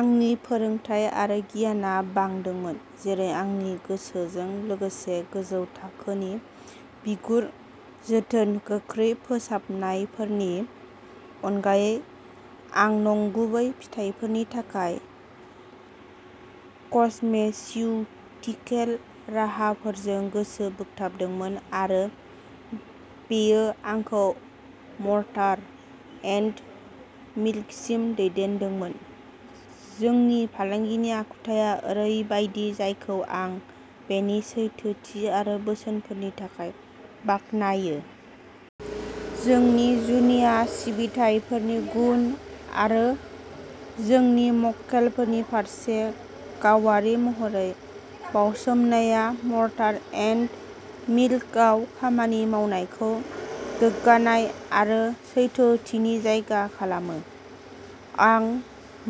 आंनि फोरोंथाय आरो गियानआ बांदोंमोन जेरै आंनि गोसोजों लोगोसे गोजौ थाखोनि बिगुर जोथोन गोख्रै फोसाबनायफोरनि अनगायै, आं नंगुबै फिथायफोरनि थाखाय कस्मेस्युटिकेल राहाफोरजों गोसो बोगथाबदोंमोन आरो बेयो आंखौ मर्टार एन्ड मिल्कसिम दैदेनदोंमोन। जोंनि फालांगिनि आखुथाइआ ओरैबायदि जायखौ आं बेनि सैथोथि आरो बोसोनफोरनि थाखाय बाख्नायो। जोंनि जुनिया सिबिथाइफोरनि गुन आरो जोंनि मक्केलफोरनि फारसे गावारि महरै बावसोमनाया मर्टार एन्ड मिल्कआव खामानि मावनायखौ गोग्गानाय आरो सैथोथिनि जायगा खालामो। आं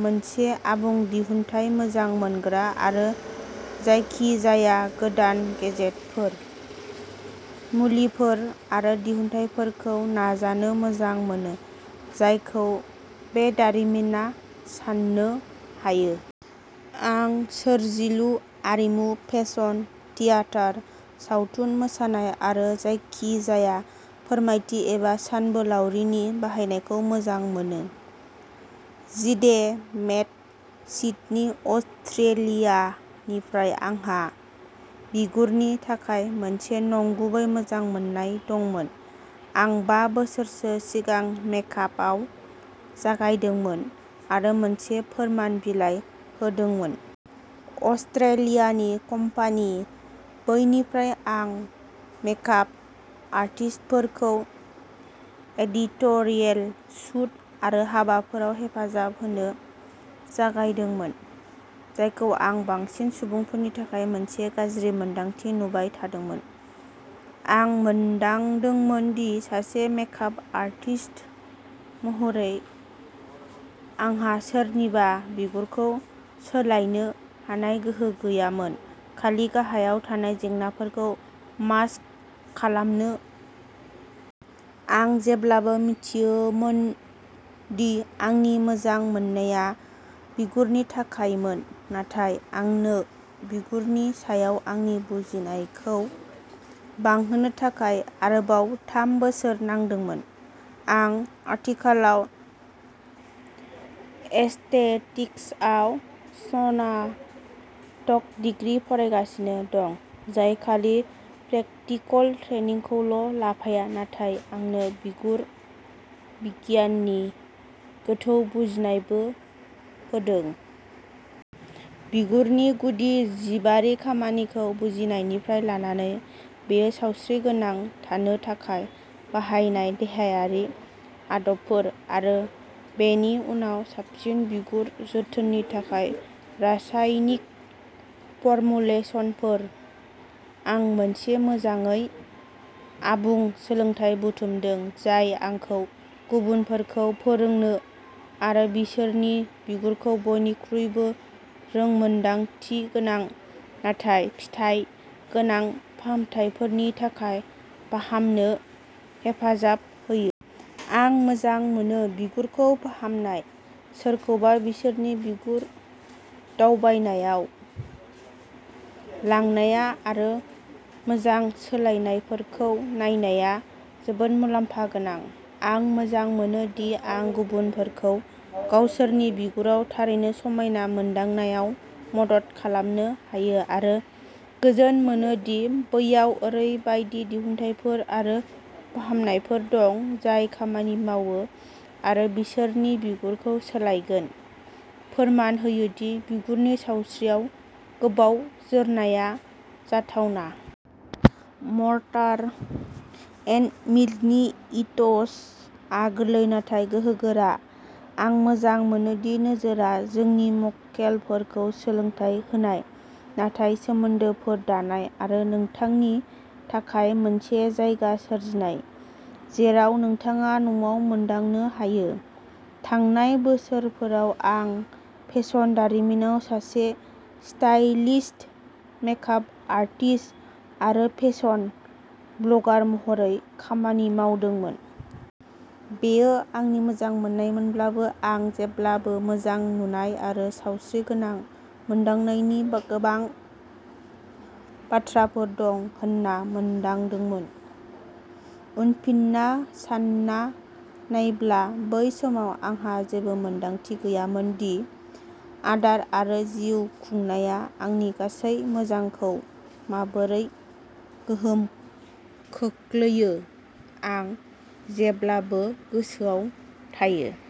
मोनसे आबुं दिहुनथाय मोजां मोनग्रा आरो जायखिजाया गोदान गेजेटफोर, मुलिफोर आरो दिहुनथायफोरखौ नाजानो मोजां मोनो, जायखौ बे दारिमिना साननो हायो। आं सोरजिलु, आरिमु, फेसन, थियेटार, सावथुन, मोसानाय आरो जायखिजाया फोरमायथि एबा सानबोलावरिनि बाहायनायखौ मोजां मोनो। जिडे मेट सिडनी अस्ट्रेलियानिफ्राय आंहा बिगुरनि थाखाय मोनसे नंगुबै मोजां मोन्नाय दंमोन। आं बा बोसोरसो सिगां मेकआपआव जागायदोंमोन आरो मोनसे फोरमान बिलाइ होदोंमोन। अस्ट्रेलियानि कम्पानि, बैनिफ्राय आं मेकआप आर्टिस्टफोरखौ एडिट'रियेल शूट आरो हाबाफोराव हेफाजाब होनो जागायदोंमोन, जायखौ आं बांसिन सुबुंफोरनि थाखाय मोनसे गाज्रि मोन्दांथि नुबाय थादोंमोन, आं मोनदांदोंमोन दि सासे मेकआप आर्टिस्ट महरै आंहा सोरनिबा बिगुरखौ सोलायनो हानाय गोहो गैयामोन, खालि गाहायाव थानाय जेंनाफोरखौ मास्क खालामनो। आं जेब्लाबो मिथियोमोन दि आंनि मोजां मोननाया बिगुरनि थाखायमोन, नाथाय आंनो बिगुरनि सायाव आंनि बुजिनायखौ बांहोनो थाखाय आरोबाव थाम बोसोर नांदोंमोन। आं आथिखालाव एस्थेटिक्सआव स्नातक डिग्री फरायगासिनो दं, जाय खालि प्रेकटिकल ट्रेइनिंखौल' लाफाया, नाथाय आंनो बिगुर-बिगियाननि गोथौ बुजिनायबो होदों। बिगुरनि गुदि जिबारि खामानिखौ बुजिनायनिफ्राय लानानै बेयो सावस्रिगोनां थानो थाखाय बाहायनाय देहायारि आदबफोर आरो बेनि उनाव साबसिन बिगुर जोथोननि थाखाय रासायनिक फर्मुलेसनफोर, आं मोनसे मोजाङै आबुं सोलोंथाय बुथुमदों जाय आंखौ गुबुनफोरखौ फोरोंनो आरो बिसोरनि बिगुरखौ बयनिख्रुइबो रोंमोनदांथिगोनां नाथाय फिथाय गोनां फाहामथायफोरनि थाखाय फाहामनो हेफाजाब होयो। आं मोजां मोनो। बिगुरखौ फाहामनाय, सोरखौबा बिसोरनि बिगुर दावबायनायाव लांनाया आरो मोजां सोलायनायफोरखौ नायनाया जोबोद मुलाम्फा गोनां। आं मोजां मोनो दि आं गुबुनफोरखौ गावसोरनि बिगुराव थारैनो समायना मोनदांनायाव मदद खालामनो हायो आरो गोजोन मोनो दि बैयाव ओरैबायदि दिहुनथायफोर आरो फाहामनायफोर दं जाय खामानि मावो आरो बिसोरनि बिगुरखौ सोलायगोन, फोरमान होयो दि बिगुरनि सावस्रियाव गोबाव जोरनाया जाथावना। मर्टार एन्ड मिल्कनि इथ'सआ गोरलै नाथाय गोहोगोरा, आं मोजां मोनो दि नोजोरआ जोंनि मक्केलफोरखौ सोलोंथाय होनाय नाथाय सोमोन्दोफोर दानाय आरो नोंथांनि थाखाय मोनसे जायगा सोरजिनाय जेराव नोंथाङा न'आव मोनदांनो हायो। थांनाय बोसोरफोराव आं फेशन दारिमिनाव सासे स्टाइलिस्ट, मेक-आप आर्टिस्ट आरो फेशन ब्लगार महरै खामानि मावदोंमोन। बेयो आंनि मोजांमोननायमोनब्लाबो, आं जेब्लाबो मोजां नुनाय आरो सावस्रिगोनां मोनदांनायनि गोबां बाथ्राफोर दं होन्ना मोनदांदोंमोन। उनफिनना सानना नायब्ला, बै समाव आंहा जेबो मोनदांथि गैयामोन दि आदार आरो जिउ खुंनाया आंनि गासै मोजांखौ माबोरै गोहोम खोख्लैयो। आं जेब्लाबो गोसोआव थायो।